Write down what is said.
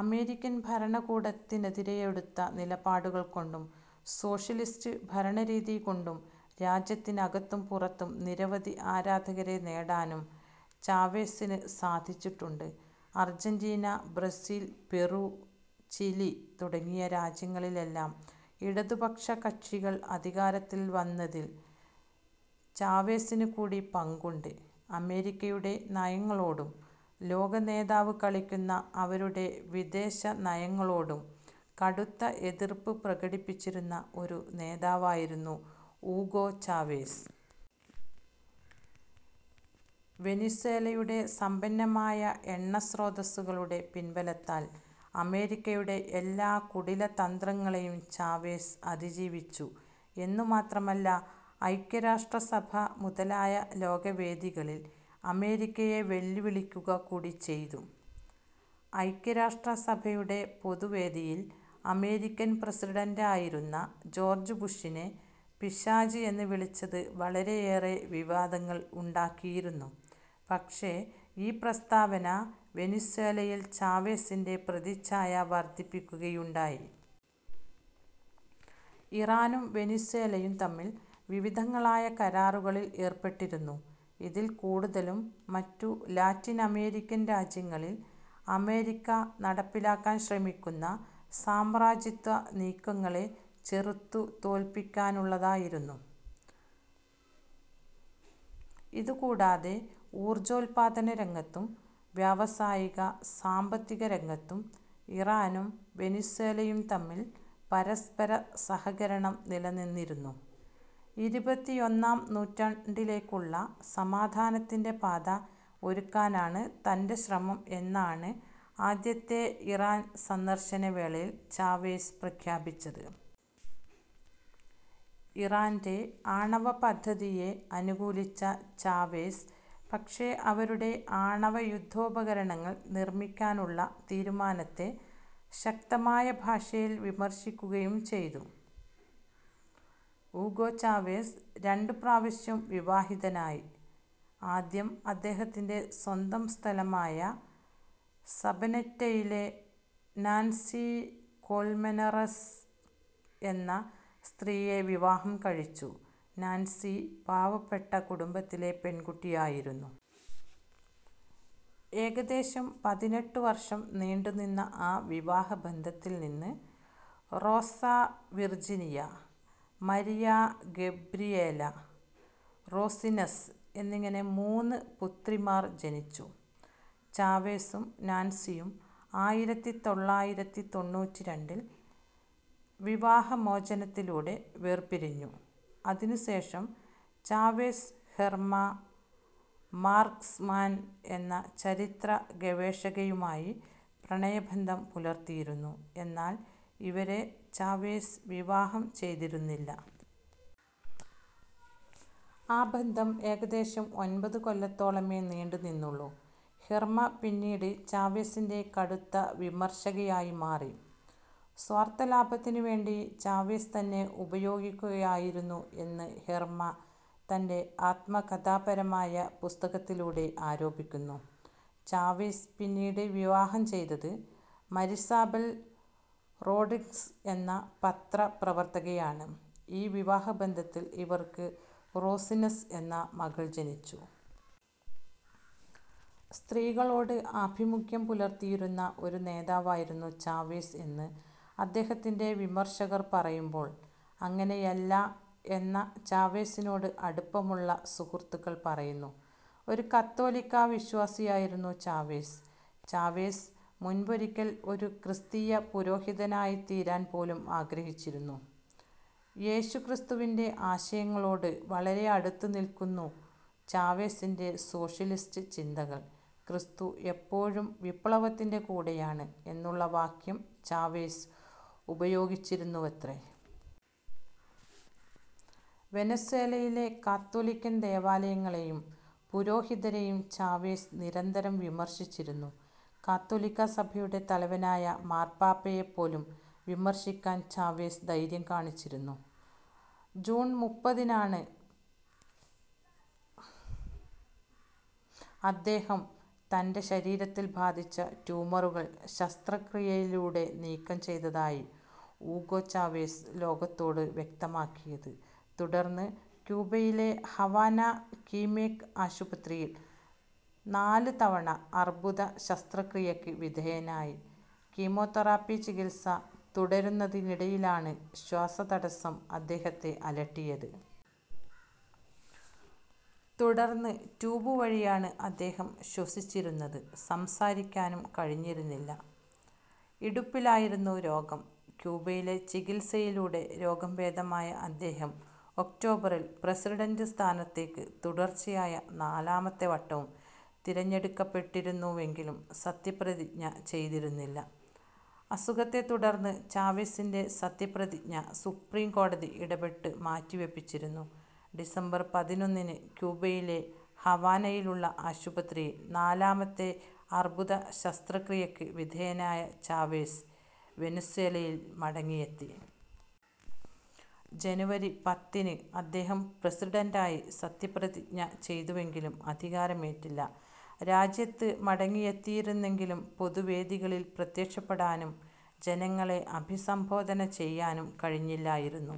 American ഭരണകൂടത്തിനെതിരേയെടുത്ത നിലപാടുകൾ കൊണ്ടും സോഷ്യലിസ്റ്റ് ഭരണരീതി കൊണ്ടും രാജ്യത്തിനകത്തും പുറത്തും നിരവധി ആരാധകരെ നേടാനും ചാവെസിന് സാധിച്ചിട്ടുണ്ട്. അർജന്റീന, ബ്രസീൽ, പെറു, ചിലി തുടങ്ങിയ രാജ്യങ്ങളിൽ എല്ലാം ഇടതുപക്ഷ കക്ഷികൾ അധികാരത്തിൽ വന്നതിൽ ചാവെസിന് കൂടി പങ്കുണ്ട്. അമേരിക്കയുടെ നയങ്ങളോടും, ലോക നേതാവ് കളിക്കുന്ന അവരുടെ വിദേശനയങ്ങളോടും കടുത്ത എതിർപ്പു പ്രകടിപ്പിച്ചിരുന്ന ഒരു നേതാവായിരുന്നു ഊഗോ ചാവേസ്. വെനിസ്വേലയുടെ സമ്പന്നമായ എണ്ണ സ്രോതസ്സുകളുടെ പിൻബലത്താൽ അമേരിക്കയുടെ എല്ലാ കുടിലതന്ത്രങ്ങളെയും ചാവേസ് അതിജീവിച്ചു എന്നുമാത്രമല്ല ഐക്യരാഷ്ട്രസഭ മുതലായ ലോകവേദികളിൽ അമേരിക്കയെ വെല്ലുവിളിക്കുക കൂടി ചെയ്തു. ഐക്യരാഷ്ട്രസഭയുടെ പൊതു വേദിയിൽ അമേരിക്കൻ പ്രസിഡന്റായിരുന്ന ജോർജ്ജ്ബുഷിനെ പിശാച് എന്ന് വിളിച്ചത് വളരെയേറെ വിവാദങ്ങൾ ഉണ്ടാക്കിയിരുന്നു. പക്ഷേ ഈ പ്രസ്താവന വെനിസ്വേലയിൽ ചാവേസിൻ്റെ പ്രതിച്ഛായ വർദ്ധിപ്പിക്കുകയുണ്ടായി. ഇറാനും വെനിസ്വേലയും തമ്മിൽ വിവിധങ്ങളായ കരാറുകളിൽ ഏർപ്പെട്ടിരുന്നു. ഇതിൽ കൂടുതലും മറ്റ് ലാറ്റിനമേരിക്കൻ രാജ്യങ്ങളിൽ അമേരിക്ക നടപ്പിലാക്കാൻ ശ്രമിക്കുന്ന സാമ്രാജ്യത്വ നീക്കങ്ങളെ ചെറുത്തു തോൽപ്പിക്കാനുള്ളതായിരുന്നു. ഇതു കൂടാതെ ഊർജ്ജോത്പാദന രംഗത്തും, വ്യാവസായിക, സാമ്പത്തിക രംഗത്തും ഇറാനും വെനിസ്വേലയും തമ്മിൽ പരസ്പര സഹകരണം നിലനിന്നിരുന്നു. ഇരുപത്തിയൊന്നാം നൂറ്റാണ്ടിലേക്കുള്ള സമാധാനത്തിൻ്റെ പാത ഒരുക്കാനാണ് തൻ്റെ ശ്രമം എന്നാണ് ആദ്യത്തെ ഇറാൻ സന്ദർശന വേളയിൽ ചാവേസ് പ്രഖ്യാപിച്ചത്. ഇറാൻ്റെ ആണവപദ്ധതിയെ അനുകൂലിച്ച ചാവേസ് പക്ഷേ അവരുടെ ആണവയുദ്ധോപകരണങ്ങൾ നിർമ്മിക്കാനുള്ള തീരുമാനത്തെ ശക്തമായ ഭാഷയിൽ വിമർശിക്കുകയും ചെയ്തു. ഊഗോ ചാവെസ് രണ്ട് പ്രാവശ്യം വിവാഹിതനായി. ആദ്യം അദ്ദേഹത്തിൻ്റെ സ്വന്തം സ്ഥലമായ സബനെറ്റയിലെ നാൻസി കൊൽമെനറസ് എന്ന സ്ത്രീയെ വിവാഹം കഴിച്ചു. നാൻസി പാവപ്പെട്ട കുടുംബത്തിലെ പെൺകുട്ടിയായിരുന്നു. ഏകദേശം പതിനെട്ട് വർഷം നീണ്ടുനിന്ന ആ വിവാഹബന്ധത്തിൽ നിന്ന് Rosa Virginia, Maria Gabriela, Rosines എന്നിങ്ങനെ മൂന്ന് പുത്രിമാർ ജനിച്ചു. ചാവേസും നാൻസിയും ആയിരത്തി തൊള്ളായിരത്തി തൊണ്ണൂറ്റിരണ്ടിൽ വിവാഹമോചനത്തിലൂടെ വേർപിരിഞ്ഞു. അതിനുശേഷം ചാവെസ് ഹെർമ മാർക്സ്മാൻ എന്ന ചരിത്ര ഗവേഷകയുമായി പ്രണയബന്ധം പുലർത്തിയിരുന്നു, എന്നാൽ ഇവരെ ചാവേസ് വിവാഹം ചെയ്തിരുന്നില്ല. ആ ബന്ധം ഏകദേശം ഒൻപത് കൊല്ലത്തോളമേ നീണ്ടു നിന്നുള്ളു. ഹെർമ പിന്നീട് ചാവേസിൻ്റെ കടുത്ത വിമർശകയായി മാറി, സ്വാർത്ഥലാഭത്തിനുവേണ്ടി ചാവേസ് തന്നെ ഉപയോഗിക്കുകയായിരുന്നു എന്ന് ഹെർമ തൻ്റെ ആത്മകഥാപരമായ പുസ്തകത്തിലൂടെ ആരോപിക്കുന്നു. ചാവേസ് പിന്നീട് വിവാഹം ചെയ്തത് മരിസാബെൽ റോഡ്രിഗ്സ് എന്ന പത്രപ്രവർത്തകയെയാണ്. ഈ വിവാഹബന്ധത്തിൽ ഇവർക്ക് റോസിനസ് എന്ന മകൾ ജനിച്ചു. സ്ത്രീകളോട് ആഭിമുഖ്യം പുലർത്തിയിരുന്ന ഒരു നേതാവായിരുന്നു ചാവേസ് എന്ന് അദ്ദേഹത്തിൻ്റെ വിമർശകർ പറയുമ്പോൾ, അങ്ങനെയല്ല എന്ന ചാവേസിനോട് അടുപ്പമുള്ള സുഹൃത്തുക്കൾ പറയുന്നു. ഒരു കത്തോലിക്കാ വിശ്വാസിയായിരുന്നു ചാവേസ്. ചാവേസ് മുൻപൊരിക്കൽ ഒരു ക്രിസ്തീയപുരോഹിതനായിത്തീരാൻ പോലും ആഗ്രഹിച്ചിരുന്നു. യേശു ക്രിസ്തുവിൻ്റെ ആശയങ്ങളോട് വളരെ അടുത്തുനിൽക്കുന്നു ചാവേസിൻ്റെ സോഷ്യലിസ്റ്റ് ചിന്തകൾ, ക്രിസ്തു എപ്പോഴും വിപ്ലവത്തിൻ്റെ കൂടെയാണ് എന്നുള്ള വാക്യം ചാവേസ് ഉപയോഗിച്ചിരുന്നുവത്രെ. വെനസ്വേലയിലെ കാത്തോലിക്കൻ ദേവാലയങ്ങളേയും പുരോഹിതരേയും ചാവേസ് നിരന്തരം വിമർശിച്ചിരുന്നു. കത്തോലിക്കാ സഭയുടെ തലവനായ മാർപാപ്പയേപ്പോലും വിമർശിക്കാൻ ചാവേസ് ധൈര്യം കാണിച്ചിരുന്നു. ജൂൺ മുപ്പതിനാണ് അദ്ദേഹം തൻ്റെ ശരീരത്തിൽ ബാധിച്ച ട്യൂമറുകൾ ശസ്ത്രക്രിയയിലൂടെ നീക്കം ചെയ്തതായി ഊഗോ ചാവെസ് ലോകത്തോട് വ്യക്തമാക്കിയത്. തുടർന്ന് ക്യൂബയിലെ ഹവാന കിമേക് ആശുപത്രിയിൽ നാല് തവണ അർബുദ ശസ്ത്രക്രിയയ്ക്ക് വിധേയനായി, കീമോതെറാപ്പി ചികിത്സ തുടരുന്നതിനിടയിലാണ് ശ്വാസതടസ്സം അദ്ദേഹത്തെ അലട്ടിയത്. തുടർന്ന് ട്യൂബ് വഴിയാണ് അദ്ദേഹം ശ്വസിച്ചിരുന്നത്. സംസാരിക്കാനും കഴിഞ്ഞിരുന്നില്ല. ഇടുപ്പിലായിരുന്നു രോഗം. ക്യൂബയിലെ ചികിത്സയിലൂടെ രോഗം ഭേദമായ അദ്ദേഹം ഒക്ടോബറിൽ പ്രസിഡൻ്റ് സ്ഥാനത്തേക്ക് തുടർച്ചയായ നാലാമത്തെ വട്ടവും തിരഞ്ഞെടുക്കപ്പെട്ടിരുന്നുവെങ്കിലും സത്യപ്രതിജ്ഞ ചെയ്തിരുന്നില്ല. അസുഖത്തെ തുടർന്ന് ചാവെസിൻ്റെ സത്യപ്രതിജ്ഞ സുപ്രീം കോടതി ഇടപെട്ട് മാറ്റിവെപ്പിച്ചിരുന്നു. ഡിസംബർ പതിനൊന്നിന് ക്യൂബയിലെ ഹവാനയിലുള്ള ആശുപത്രിയിൽ നാലാമത്തെ അർബുദ ശസ്ത്രക്രിയക്ക് വിധേയനായ ചാവെസ് വെനസ്വേലയിൽ മടങ്ങിയെത്തി. ജനുവരി പത്തിന് അദ്ദേഹം പ്രസിഡന്റായി സത്യപ്രതിജ്ഞ ചെയ്തുവെങ്കിലും അധികാരമേറ്റില്ല. രാജ്യത്ത് മടങ്ങിയെത്തിയിരുന്നെങ്കിലും പൊതുവേദികളിൽ പ്രത്യക്ഷപ്പെടാനും, ജനങ്ങളെ അഭിസംബോധനചെയ്യാനും കഴിഞ്ഞില്ലായിരുന്നു.